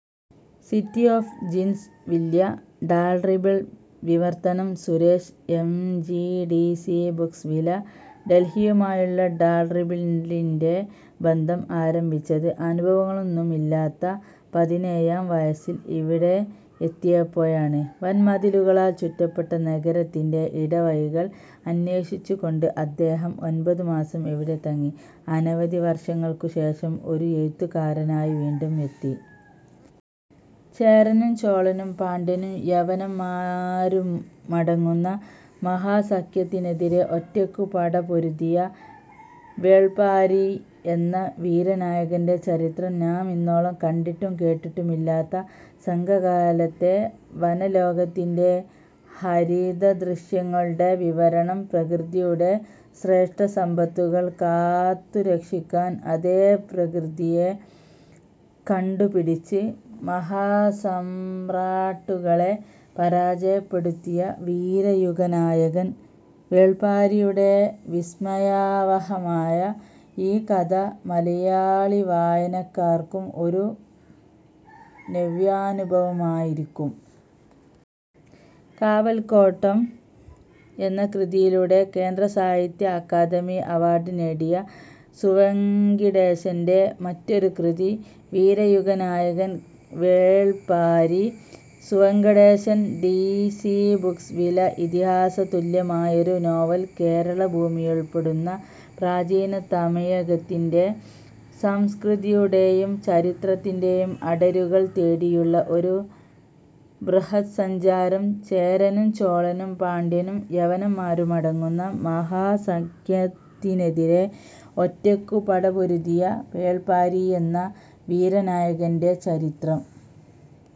City of Djinns William Dalrymple വിവർത്തനം: Suresh M. G D C Books വില: ഡൽഹിയുമായുള്ള ഡാൽറി ബിളിന്റെ ബന്ധം ആരംഭിച്ചത്, അനുഭവങ്ങളൊന്നുമില്ലാത്ത പതിനേഴാം വയസ്സിൽ ഇവിടെ എത്തിയപ്പോഴാണ്. വൻമതിലുകളാൽ ചുറ്റപ്പെട്ട നഗരത്തിന്റ് ഇടവഴികൾ അന്വേഷിച്ചുകൊണ്ട് അദ്ദേഹം ഒൻപത് മാസം ഇവിടെ തങ്ങി. അനവധി വർഷങ്ങൾക്കു ശേഷം, ഒരു എഴുത്തുകാരനായി വീണ്ടും എത്തി. ചേരനും ചോളനും പാണ്ഡ്യനും യവനന്മാരുമടങ്ങുന്ന മഹാസഖ്യത്തിനെതിരേ ഒറ്റയ്ക്കു പടപൊരുതിയ വേൾപാരി എന്ന വീരനായകന്റെ ചരിതം. നാമിന്നോളം കണ്ടിട്ടും കേട്ടിട്ടുമില്ലാത്ത സംഘകാലത്തെ വനലോകത്തിന്റെ ഹരിതദൃശ്യങ്ങളുടെ വിവരണം. പ്രകൃതിയുടെ ശ്രേഷ്ഠസമ്പത്തുകൾ കാത്തുരക്ഷിക്കാൻ, അതേ പ്രകൃതിയെ കണ്ട്പിടിച്ച് മഹാസമ്രാട്ടുകളെ പരാജയപ്പെടുത്തിയ വീരയുഗനായകൻ വേൾപാരിയുടെ വിസ്മയാവഹമായ ഈ കഥ മലയാളിവായനക്കാർക്കും ഒരു നവ്യാനുഭവമായിരിക്കും. കാവൽക്കോട്ടം എന്ന കൃതിയിലൂടെ കേന്ദ്രസാഹിത്യ അക്കാദമി അവാർഡ് നേടിയ സു വങ്കിടേശന്റെ മറ്റൊരു കൃതി വീരയുഗനായകൻ Velpari – Su Venkatesan D C Books വില: ഇതിഹാസതുല്യമായൊരു നോവൽ. കേരളഭൂമിയുൾപ്പെടുന്ന പ്രാചീന തമിഴകത്തിന്റെ സംസ്കൃതിയുടെയും ചരിത്രത്തിന്റെയും അടരുകൾ തേടിയുള്ള ഒരു ബൃഹദ്സഞ്ചാരം. ചേരനും ചോളനും പാണ്ഡ്യനും യവനന്മാരുമടങ്ങുന്ന മഹാസഖ്യത്തിനെതിരേ ഒറ്റയ്ക്കു പടപൊരുതിയ വേൾപാരി എന്ന വീരനായകന്റെ ചരിതം.